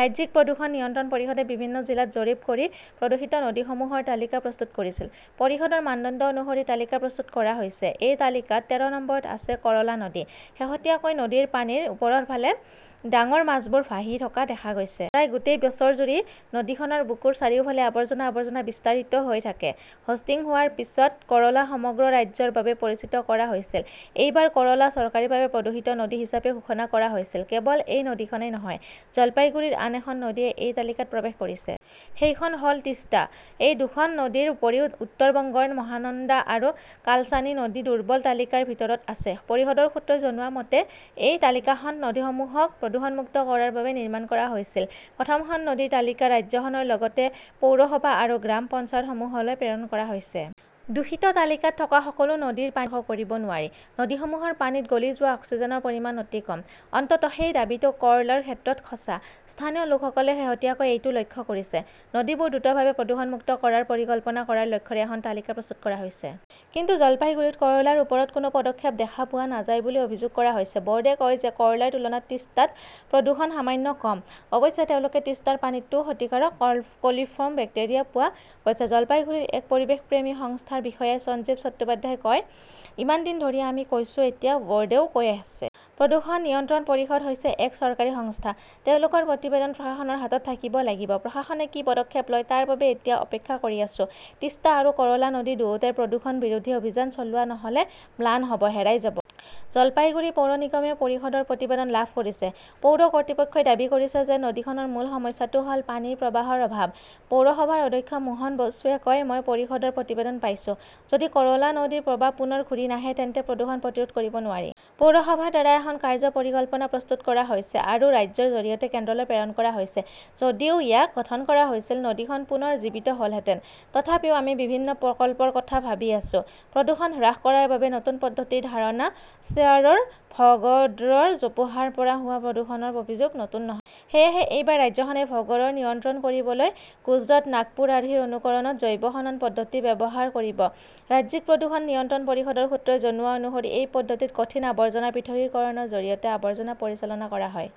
ৰাজ্যিক প্ৰদূষণ নিয়ন্ত্ৰণ পৰিষদে বিভিন্ন জিলাত জৰীপ কৰি প্ৰদূষিত নদীসমূহৰ তালিকা প্ৰস্তুত কৰিছিল। পৰিষদৰ মানদণ্ড অনুসৰি তালিকা প্ৰস্তুত কৰা হৈছে। এই তালিকাত তেৰ নম্বৰত আছে কৰলা নদী। শেহতীয়াকৈ নদীৰ পানীৰ ওপৰৰ ফালে ডাঙৰ মাছবোৰ ভাহি থকা দেখা গৈছে। প্ৰায় গোটেই বছৰজুৰি নদীখনৰ বুকুৰ চাৰিওফালে আবৰ্জনা-আবৰ্জনা বিস্তাৰিত হৈ থাকে। হোষ্টিং হোৱাৰ পিছত কৰলা সমগ্ৰ ৰাজ্যৰ বাবে পৰিচিত কৰা হৈছিল। এইবাৰ কৰলা চৰকাৰীভাৱে প্ৰদূষিত নদী হিচাপেও ঘোষণা কৰা হৈছিল। কেৱল এই নদীখনেই নহয়, জলপাইগুড়িৰ আন এখন নদীয়ে এই তালিকাত প্ৰৱেশ কৰিছে। সেইখন হ'ল তিষ্টা। এই দুখন নদীৰ উপৰিও উত্তৰ বংগৰ মহানন্দা আৰু কালচানি নদী দুৰ্বল তালিকাৰ ভিতৰত আছে। পৰিষদৰ সূত্ৰই জনোৱা মতে, এই তালিকাখন নদীসমূহক প্ৰদূষণমুক্ত কৰাৰ বাবে নিৰ্মাণ কৰা হৈছিল। প্ৰথম খন নদীৰ তালিকা ৰাজ্যখনৰ লগতে পৌৰসভা আৰু গ্ৰাম পঞ্চায়তসমূহলৈ প্ৰেৰণ কৰা হৈছে। দূষিত তালিকাত থকা সকলো নদীৰ পানী হাত-ভৰিৰে স্পৰ্শ কৰিব নোৱাৰি। নদীসমূহৰ পানীত গলি যোৱা অক্সিজেনৰ পৰিমাণ অতি কম। অন্ততঃ সেই দাবীটো কৰ্লাৰ ক্ষেত্ৰত সঁচা, স্থানীয় লোকসকলেও শেহতীয়াকৈ এইটো লক্ষ্য কৰিছে। নদীবোৰ দ্ৰুতভাৱে প্ৰদূষণমুক্ত কৰাৰ পৰিকল্পনা কৰাৰ লক্ষ্যৰে এখন তালিকা প্ৰস্তুত কৰা হৈছে। কিন্তু জলপাইগুড়িত কৰলাৰ ওপৰত কোনো পদক্ষেপ দেখা পোৱা নাযায় বুলি অভিযোগ কৰা হৈছে। ব'ৰ্ডে কয় যে কৰ্লাৰ তুলনাত টিষ্টাত প্ৰদূষণ সামান্য কম। অৱশ্যে তেওঁলোকে টিষ্টাৰ পানীতও ক্ষতিকাৰক কলিফৰ্ম বেক্টেৰিয়া পোৱা গৈছে। জলপাইগুড়িৰ এক পৰিৱেশপ্ৰেমী সংস্থাৰ বিষয়া সঞ্জীৱ চট্টোপাধ্যায়ই কয়, 'ইমান দিন ধৰি আমি কৈছো, এতিয়া বোৰ্ডেও কৈ আছে। প্ৰদূষণ নিয়ন্ত্ৰণ পৰিষদ হৈছে এক চৰকাৰী সংস্থা। তেওঁলোকৰ প্ৰতিবেদন প্ৰশাসনৰ হাতত থাকিব লাগিব। প্ৰশাসনে কি পদক্ষেপ লয় তাৰ বাবে এতিয়া অপেক্ষা কৰি আছো। টিষ্টা আৰু কৰলা নদী দুয়োটাই প্ৰদূষণ বিৰোধী অভিযান চলোৱা নহ'লে ম্লান হ'ব, হেৰাই যাব। 'জলপাইগুৰি পৌৰ নিগমেও পৰিষদৰ প্ৰতিবেদন লাভ কৰিছে। পৌৰ কৰ্তৃপক্ষই দাবী কৰিছে যে নদীখনৰ মূল সমস্যাটো হ'ল পানীৰ প্ৰৱাহৰ অভাৱ। পৌৰসভাৰ অধ্যক্ষ মোহন বসুৱে কয়, 'মই পৰিষদৰ প্ৰতিবেদন পাইছো'। যদি কৰলা নদীৰ প্ৰবাহ পুনৰ ঘূৰি নাহে তেন্তে প্ৰদূষণ প্ৰতিৰোধ কৰিব নোৱাৰি। পৌৰসভাৰ দ্বাৰা এখন কাৰ্য্য পৰিকল্পনা প্ৰস্তুত কৰা হৈছে আৰু ৰাজ্যৰ জৰিয়তে কেন্দ্ৰলৈ প্ৰেৰণ কৰা হৈছে। যদিও ইয়াক গঠন কৰা হৈছিল, নদীখন পুনৰ জীৱিত হ'লহেঁতেন। তথাপিও আমি বিভিন্ন প্ৰকল্পৰ কথা ভাবি আছো। প্ৰদূষণ হ্ৰাস কৰাৰ বাবে নতুন পদ্ধতিৰ ধাৰণা শ্বেয়াৰৰ ভগড়ৰ জোপোহাৰ পৰা হোৱা প্ৰদূষণৰ অভিযোগ নতুন নহয়। সেয়েহে এইবাৰ ৰাজ্যখনে ভগড়ৰ নিয়ন্ত্ৰণ কৰিবলৈ গুজৰাট-নাগপুৰ আৰ্হিৰ অনুকৰণত 'জৈৱ-খনন 'পদ্ধতি ব্যৱহাৰ কৰিব। ৰাজ্যিক প্ৰদূষণ নিয়ন্ত্ৰণ পৰিষদৰ সূত্ৰই জনোৱা অনুসৰি এই পদ্ধতিত কঠিন আৱৰ্জনাৰ পৃথকীকৰণৰ জৰিয়তে আৱৰ্জনা পৰিচালনা কৰা হয়।